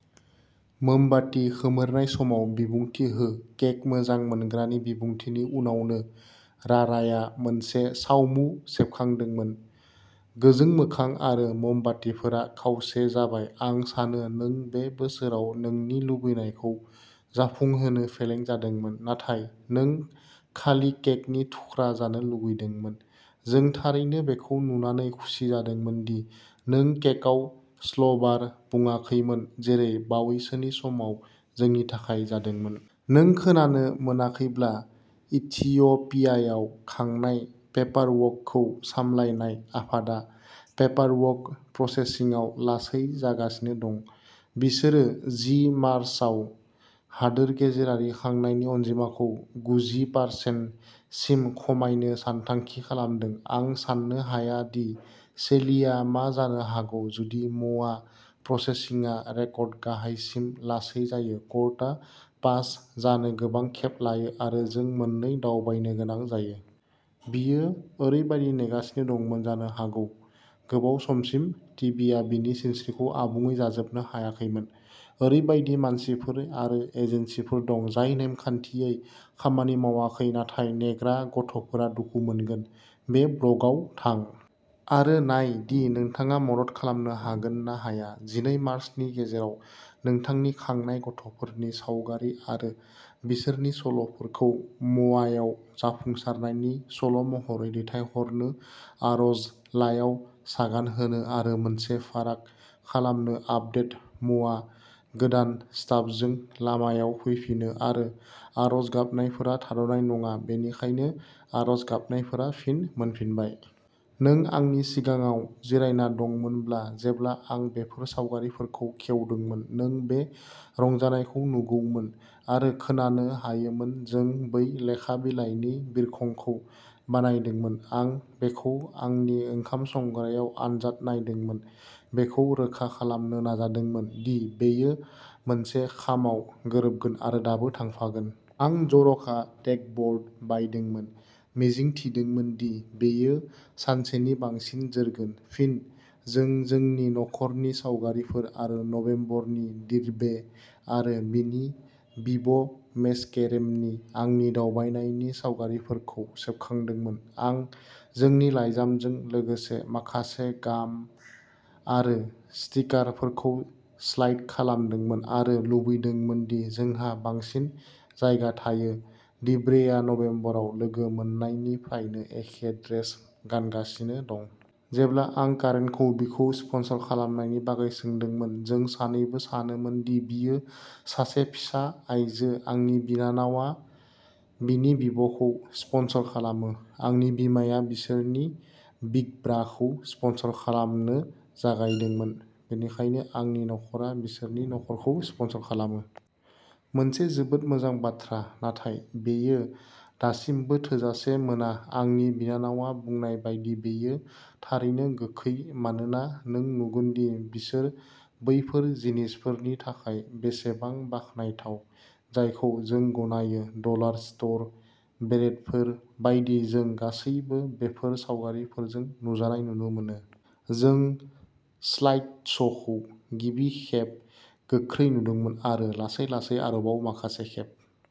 मोमबाति खोमोरनाय समाव बिबुंथि हो केक मोजां मोनग्रानि बिबुंथिनि उनावनो राराया मोनसे सावमु सेबखांदोंमोन गोजों मोखां आरो ममबातिफोरा खावसे जाबाय आं सानो नों बे बोसोराव नोंनि लुबैनायखौ जाफुंहोनो फेलें जादोंमोन नाथाय नों खालि केकनि थुख्रा जानो लुगैदोंमोन जों थारैनो बेखौ नुनानै खुसि जादोंमोन दि नों केकआव स्लबार बुङाखैमोन जेरै बावैसोनि समाव जोंनि थाखाय जादोंमोन। नों खोनानो मोनाखैब्ला इथिय'पियायाव खांनाय पेपारवर्कखौ सामलायनाय आफादआ पेपारवर्क प्रसेसिंआव लासै जागासिनो दं। बिसोरो जि मार्चाव हादोर गेजेरारि खांनायनि अनजिमाखौ गुजि पार्सेन सिम खमायनो सानथांखि खालामदों आं सान्नो हाया दि सेलिआ मा जानो हागौ जुदि म'वा प्रसेसिंआ रेकर्ड गाहायसिम लासै जायो कर्टआ पास जानो गोबां खेब लायो आरो जों मोननै दावबायनो गोनां जायो। बियो ओरैबायदि नेगासिनो दंमोन जानो हागौ गोबाव समसिम टि बि आ बिनि सिनस्रिखौ आबुङै जाजोबनो हायाखैमोन। ओरैबायदि मानसिफोर आरो एजेन्सिफोर दं जाय नेमखान्थियै खामानि मावाखै नाथाय नेग्रा गथ'फोरा दुखु मोनगोन। बे ब्लगआव थां आरो नाय दि नोंथाङा मदद खालामनो हागोन ना हाया जिनै मार्चनि गेजेराव नोंथांनि खांनाय गथ'फोरनि सावगारि आरो बिसोरनि सल'फोरखौ म'वायाव जाफुंसारनायनि सल'महरै दैथायहरनो आर'जलाइयाव सागान होनो आरो मोनसे फाराग खालामनो आपदेट म'वा गोदान स्टाफजों लामायाव फैफिनो आरो आर'ज गाबनायफोरा थाद'नाय नङा बेनिखायनो आर'ज गाबनायफोरा फिन मोनफिनबाय! नों आंनि सिगाङाव जिरायना दंमोनब्ला जेब्ला आं बेफोर सावगारिफोरखौ खेवदोंमोन नों बे रंजानायखौ नुगौमोन आरो खोनानो हायोमोन जों बै लेखा बिलाइनि बिरखंखौ बानायदोंमोन आं बेखौ आंनि ओंखाम संग्रायाव आनजाद नायदोंमोन बेखौ रोखा खालामनो नाजादोंमोन दि बेयो मोनसे खामाव गोरोबगोन आरो दाबो थांफागोन। आं जर'खा टेगब'र्ड बायदोंमोन मिजिं थिदोंमोन दि बेयो सानसेनि बांसिन जोरगोन फिन जों जोंनि नखरनि सावगारिफोर आरो नभेम्बरनि दिर्बे आरो बिनि बिब'मेस्केरेमनि आंनि दावबायनायनि सावगारिफोरखौ सेबखांदोंमोन आं जोंनि लाइजामजों लोगोसे माखासे गाम आरो स्टिकारफोरखौ स्लाइड खालामदोंमोन आरो लुबैदोंमोन दि जोंहा बांसिन जायगा थायो दिर्बेआ नबेम्बराव लोगो मोननायनिफ्रायनो एखे ड्रेस गानगासिनो दं। जेब्ला आं कारेनखौ बिखौ स्पन्सर खालामनायनि बागै सोंदोंमोन जों सानैबो सानोमोन दि बियो सासे फिसा आइजो आंनि बिनानावया बिनि बिब'खौ स्पन्सर खालामो आंनि बिमाया बिसोरनि बिग ब्राखौ स्पन्सर खालामनो जागायदोंमोन बेनिखायनो आंनि नखरा बिसोरनि नखरखौ स्पन्सर खालामो। मोनसे जोबोद मोजां बाथ्रा नाथाय बेयो दासिमबो थोजासे मोना आंनि बिनानावया बुंनाय बायदि बेयो थारैनो गोखै मानोना नों नुगोन दि बिसोर बैफोर जिनिसफोरनि थाखाय बेसेबां बाखनायथाव जायखौ जों गनायो डलार स्ट'र बेरेटफोर बायदि जों गासैबो बेफोर सावगारिफोरजों नुजानाय नुनो मोनो। जों स्लाइडश'खौ गिबि खेब गोख्रै नुदोंमोन आरो लासै-लासै आरोबाव माखासे खेब।